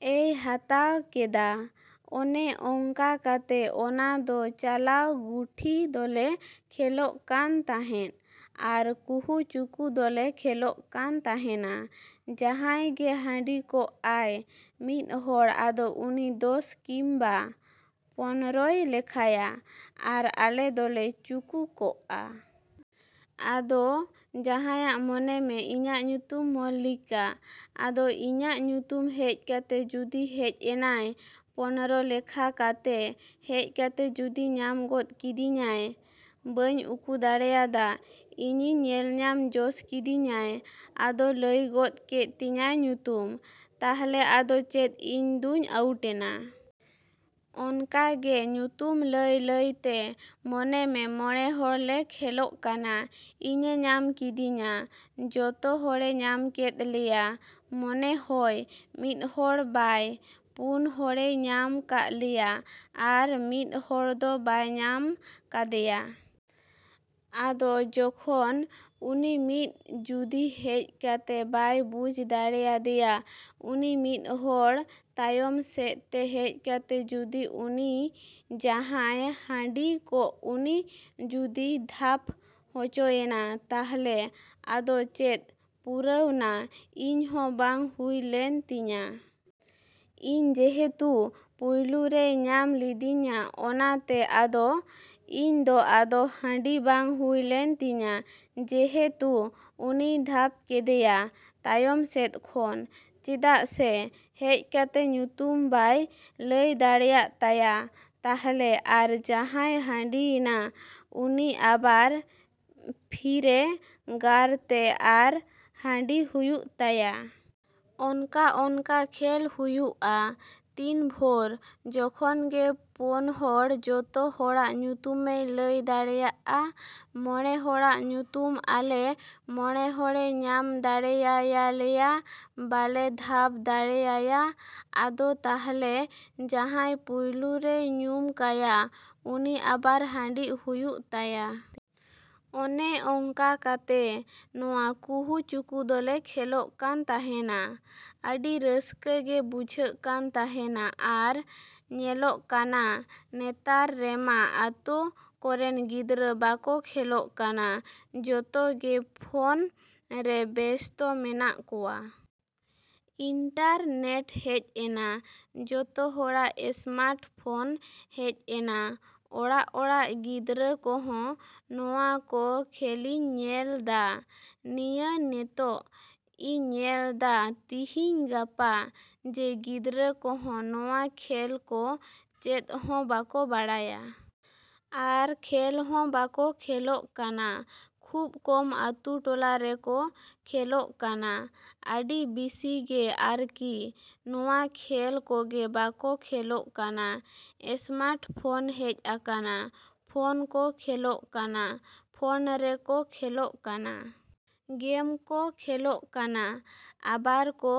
ᱮᱭ ᱦᱟᱛᱟᱣ ᱠᱮᱫᱟ᱾ ᱚᱱᱮ ᱚᱝᱠᱟ ᱠᱟᱛᱮ ᱚᱱᱟ ᱫᱚ ᱪᱟᱞᱟᱣ ᱜᱩᱴᱷᱤ ᱫᱚᱞᱮ ᱠᱷᱮᱞᱳᱜ ᱠᱟᱱ ᱛᱟᱦᱮᱫ᱾ ᱟᱨ ᱠᱩᱦᱩᱼᱪᱩᱠᱩ ᱫᱚᱞᱮ ᱠᱷᱮᱞᱳᱜ ᱠᱟᱱ ᱛᱟᱦᱮᱱᱟ ᱡᱟᱦᱟᱸᱭ ᱜᱮ ᱦᱟᱹᱰᱤ ᱠᱚᱜᱼᱟᱭ ᱢᱤᱫ ᱦᱚᱲ ᱟᱫᱚ ᱩᱱᱤ ᱫᱚᱥ ᱠᱤᱝᱵᱟ ᱯᱚᱱᱨᱚᱭ ᱞᱮᱠᱷᱟᱭᱟ, ᱟᱨ ᱟᱞᱮ ᱫᱚᱞᱮ ᱪᱩᱠᱩ ᱠᱚᱜᱼᱟ᱾ ᱟᱫᱚ ᱡᱟᱦᱟᱸᱭᱟᱜ ᱢᱚᱱᱮ ᱢᱮ ᱤᱧᱟᱹᱜ ᱧᱩᱛᱩᱢ ᱢᱚᱞᱞᱤᱠᱟ᱾ ᱟᱫᱚ ᱤᱧᱟᱹᱜ ᱧᱩᱛᱩᱢ ᱦᱮᱡ ᱠᱟᱛᱮ ᱡᱩᱫᱤ ᱦᱮᱡ ᱮᱱᱟᱭ ᱯᱚᱱᱨᱚ ᱞᱮᱠᱷᱟ ᱠᱟᱛᱮ, ᱦᱮᱡ ᱠᱟᱛᱮ ᱡᱩᱫᱤ ᱧᱟᱢ ᱜᱚᱫ ᱠᱤᱫᱤᱧᱟᱭ, ᱵᱟᱹᱧ ᱩᱠᱩ ᱫᱟᱲᱮᱭᱟᱫᱟ᱾ ᱤᱧᱤᱧ ᱧᱮᱞᱧᱟᱢ ᱡᱚᱥ ᱠᱤᱫᱤᱧᱟᱭ, ᱟᱫᱚ ᱞᱟᱹᱭ ᱜᱚᱫ ᱠᱮᱫ ᱛᱤᱧᱟᱹᱭ ᱧᱩᱛᱩᱢ ᱛᱟᱦᱞᱮ ᱟᱫᱚ ᱪᱮᱫ ᱤᱧ ᱫᱩᱧ ᱟᱣᱩᱴᱮᱱᱟ᱾ ᱚᱱᱠᱟ ᱜᱮ ᱧᱩᱛᱩᱢ ᱞᱟᱹᱭᱼᱞᱟᱹᱭ ᱛᱮ ᱢᱚᱱᱮ ᱢᱮ ᱢᱚᱬᱮ ᱦᱚᱲ ᱞᱮ ᱠᱷᱮᱞᱳᱜ ᱠᱟᱱᱟ ᱤᱧᱮ ᱧᱟᱢ ᱠᱤᱫᱤᱧᱟ᱾ ᱡᱚᱛᱚ ᱦᱚᱲᱮ ᱧᱟᱢ ᱠᱮᱫ ᱞᱮᱭᱟ᱾ ᱢᱚᱱᱮ ᱦᱚᱭ ᱢᱤᱫ ᱦᱚᱲ ᱵᱟᱭ, ᱯᱩᱱ ᱦᱚᱲᱮᱭ ᱧᱟᱢ ᱠᱟᱜ ᱞᱮᱭᱟ ᱟᱨ ᱢᱤᱫ ᱦᱚᱲ ᱫᱚ ᱵᱟᱭ ᱧᱟᱢ ᱠᱟᱫᱮᱭᱟ᱾ ᱟᱫᱚ ᱡᱚᱠᱷᱚᱱ ᱩᱱᱤ ᱢᱤᱫ ᱡᱩᱫᱤ ᱦᱮᱡ ᱠᱟᱛᱮ ᱵᱟᱭ ᱵᱩᱡᱽ ᱫᱟᱲᱮᱭᱟᱫᱮᱭᱟ, ᱩᱱᱤ ᱢᱤᱫ ᱦᱚᱲ ᱛᱟᱭᱚᱢ ᱥᱮᱫᱛᱮ ᱦᱮᱡ ᱠᱟᱛᱮ ᱡᱩᱫᱤ ᱩᱱᱤ ᱡᱟᱦᱟᱸᱭ ᱦᱟᱹᱰᱤ ᱠᱚᱜ ᱩᱱᱤ ᱡᱩᱫᱤᱭ ᱫᱷᱟᱯ ᱦᱚᱪᱚᱭᱮᱱᱟ᱾ ᱛᱟᱦᱞᱮ ᱟᱫᱚ ᱪᱮᱫ ᱯᱩᱨᱟᱹᱣᱱᱟ, ᱤᱧ ᱦᱚᱸ ᱵᱟᱝ ᱦᱩᱭ ᱞᱮᱱ ᱛᱤᱧᱟᱹ᱾ ᱤᱧ ᱡᱮᱦᱮᱛᱩ ᱯᱳᱭᱞᱳ ᱨᱮᱭ ᱧᱟᱢ ᱞᱤᱫᱤᱧᱟ ᱚᱱᱟᱛᱮ ᱟᱫᱚ ᱤᱧ ᱫᱚ ᱟᱫᱚ ᱦᱟᱹᱰᱤ ᱵᱟᱝ ᱦᱩᱭ ᱞᱮᱱ ᱛᱤᱧᱟᱹ᱾ ᱡᱮᱦᱮᱛᱩ ᱩᱱᱤᱭ ᱫᱷᱟᱯ ᱠᱮᱫᱮᱭᱟ, ᱛᱟᱭᱚᱢ ᱥᱮᱫ ᱠᱷᱚᱱ᱾ ᱪᱮᱫᱟᱜ ᱥᱮ ᱦᱮᱡ ᱠᱟᱛᱮ ᱧᱩᱛᱩᱢ ᱵᱟᱭ ᱞᱟᱹᱭ ᱫᱟᱲᱮᱭᱟᱜ ᱛᱟᱭᱟ᱾ ᱛᱟᱦᱞᱮ ᱟᱨ ᱡᱟᱦᱟᱸᱭ ᱦᱟᱹᱰᱤᱭᱮᱱᱟ ᱩᱱᱤ ᱟᱵᱟᱨ ᱯᱷᱤᱨᱮ ᱜᱟᱨᱛᱮ ᱟᱨ ᱦᱟᱹᱰᱤ ᱦᱩᱭᱩᱜ ᱛᱟᱭᱟ᱾ ᱚᱱᱠᱟᱼᱚᱱᱠᱟ ᱠᱷᱮᱞ ᱦᱩᱭᱩᱜᱼᱟ᱾ ᱛᱤᱱ ᱵᱷᱳᱨ, ᱡᱚᱠᱷᱚᱱ ᱜᱮ ᱯᱳᱱ ᱦᱚᱲ ᱡᱚᱛᱚ ᱦᱚᱲᱟᱜ ᱧᱩᱛᱩᱢᱮᱭ ᱞᱟᱹᱭ ᱫᱟᱲᱮᱭᱟᱜᱼᱟ, ᱢᱚᱬᱮ ᱦᱚᱲᱟᱜ ᱧᱩᱛᱩᱢ ᱟᱞᱮ ᱢᱚᱬᱮ ᱦᱚᱲᱮᱭ ᱧᱟᱢ ᱫᱟᱲᱮᱭᱟᱭᱟᱞᱮᱭᱟ, ᱵᱟᱞᱮ ᱫᱷᱟᱯ ᱫᱟᱲᱮᱭᱟᱭᱟ᱾ ᱟᱫᱚ ᱛᱟᱦᱞᱮ ᱡᱟᱦᱟᱸᱭ ᱯᱳᱭᱞᱳ ᱨᱮᱭ ᱧᱩᱢ ᱠᱟᱭᱟ ᱩᱱᱤ ᱟᱵᱟᱨ ᱦᱟᱹᱰᱤᱜ ᱦᱩᱭᱩᱜ ᱛᱟᱭᱟ᱾ ᱚᱱᱮ ᱚᱝᱠᱟ ᱠᱟᱛᱮ ᱱᱚᱣᱟ ᱠᱩᱦᱩᱼᱪᱩᱠᱩ ᱫᱚᱞᱮ ᱠᱷᱮᱞᱳᱜ ᱠᱟᱱ ᱛᱟᱦᱮᱱᱟ᱾ ᱟᱹᱰᱤ ᱨᱟᱹᱥᱠᱟᱹ ᱜᱮ ᱵᱩᱡᱷᱟᱹᱜ ᱠᱟᱱ ᱛᱟᱦᱮᱱᱟ ᱟᱨ ᱧᱮᱞᱚᱜ ᱠᱟᱱᱟ ᱱᱮᱛᱟᱨ ᱨᱮᱢᱟ ᱟᱛᱳ ᱠᱚᱨᱮᱱ ᱜᱤᱫᱽᱨᱟᱹ ᱵᱟᱠᱚ ᱠᱷᱮᱞᱳᱜ ᱠᱟᱱᱟ᱾ ᱡᱚᱛᱚ ᱜᱮ ᱯᱷᱳᱱ ᱨᱮ ᱵᱮᱥᱛᱚ ᱢᱮᱱᱟᱜ ᱠᱚᱣᱟ᱾ ᱤᱱᱴᱟᱨᱱᱮᱴ ᱦᱮᱡ ᱮᱱᱟ, ᱡᱚᱛᱚ ᱦᱚᱲᱟᱜ ᱮᱥᱢᱟᱴ ᱯᱷᱳᱱ ᱦᱮᱡ ᱮᱱᱟ᱾ ᱚᱲᱟᱜᱼᱚᱲᱟᱜ ᱜᱤᱫᱽᱨᱟᱹ ᱠᱚᱦᱚᱸ ᱱᱚᱣᱟ ᱠᱚ ᱠᱷᱮᱞᱤᱧ ᱧᱮᱞ ᱫᱟ᱾ ᱱᱤᱭᱟᱹ ᱱᱤᱛᱳᱜ ᱤᱧ ᱧᱮᱞ ᱫᱟ ᱛᱤᱦᱤᱧᱼᱜᱟᱯᱟ ᱡᱮ, ᱜᱤᱫᱽᱨᱟᱹ ᱠᱚᱦᱚᱸ ᱱᱚᱣᱟ ᱠᱷᱮᱞ ᱠᱚ ᱪᱮᱫ ᱦᱚᱸ ᱵᱟᱠᱚ ᱵᱟᱲᱟᱭᱟ᱾ ᱟᱨ ᱠᱷᱮᱞ ᱦᱚᱸ ᱵᱟᱠᱚ ᱠᱷᱮᱞᱳᱜ ᱠᱟᱱᱟ, ᱠᱷᱩᱵᱽ ᱠᱚᱢ ᱟᱛᱳᱼᱴᱚᱞᱟ ᱨᱮᱠᱚ ᱠᱷᱮᱞᱳᱜ ᱠᱟᱱᱟ᱾ ᱟᱹᱰᱤ ᱵᱤᱥᱤ ᱜᱮ ᱟᱨᱠᱤ ᱱᱚᱣᱟ ᱠᱷᱮᱞ ᱠᱚᱜᱮ ᱵᱟᱠᱚ ᱠᱷᱮᱞᱳᱜ ᱠᱟᱱᱟ᱾ ᱮᱥᱢᱟᱴ ᱯᱷᱳᱱ ᱦᱮᱡ ᱟᱠᱟᱱᱟ, ᱯᱷᱳᱱ ᱠᱚ ᱠᱷᱮᱞᱳᱜ ᱠᱟᱱᱟ, ᱯᱷᱳᱱ ᱨᱮᱠᱚ ᱠᱷᱮᱞᱳᱜ ᱠᱟᱱᱟ᱾ ᱜᱮᱢ ᱠᱚ ᱠᱷᱮᱞᱳᱜ ᱠᱟᱱᱟ᱾ ᱟᱵᱟᱨ ᱠᱚ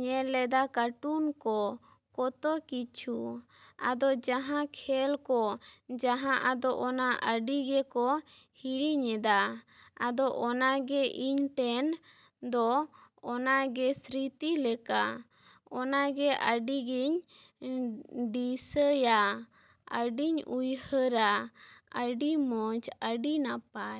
ᱧᱮᱞᱮᱫᱟ ᱠᱟᱴᱩᱱ ᱠᱚ, ᱠᱚᱛᱚ ᱠᱤᱪᱷᱩ᱾ ᱟᱫᱚ ᱡᱟᱦᱟᱸ ᱠᱷᱮᱞ ᱠᱚ ᱡᱟᱦᱟᱸ ᱟᱫᱚ ᱚᱱᱟ ᱟᱹᱰᱤ ᱜᱮᱠᱚ ᱦᱤᱲᱤᱧᱮᱫᱟ᱾ ᱟᱫᱚ ᱚᱱᱟ ᱜᱮ ᱤᱧᱴᱮᱱ ᱫᱚ ᱚᱱᱟ ᱜᱮ ᱥᱨᱤᱛᱤ ᱞᱮᱠᱟ᱾ ᱚᱱᱟ ᱜᱮ ᱟᱹᱰᱤ ᱜᱮᱧ ᱰᱤᱥᱟᱹᱭᱟ ᱟᱹᱰᱤᱧ ᱩᱭᱦᱟᱹᱨᱟ᱾ ᱟᱹᱰᱤ ᱢᱚᱡᱽ, ᱟᱹᱰᱤ ᱱᱟᱯᱟᱭ᱾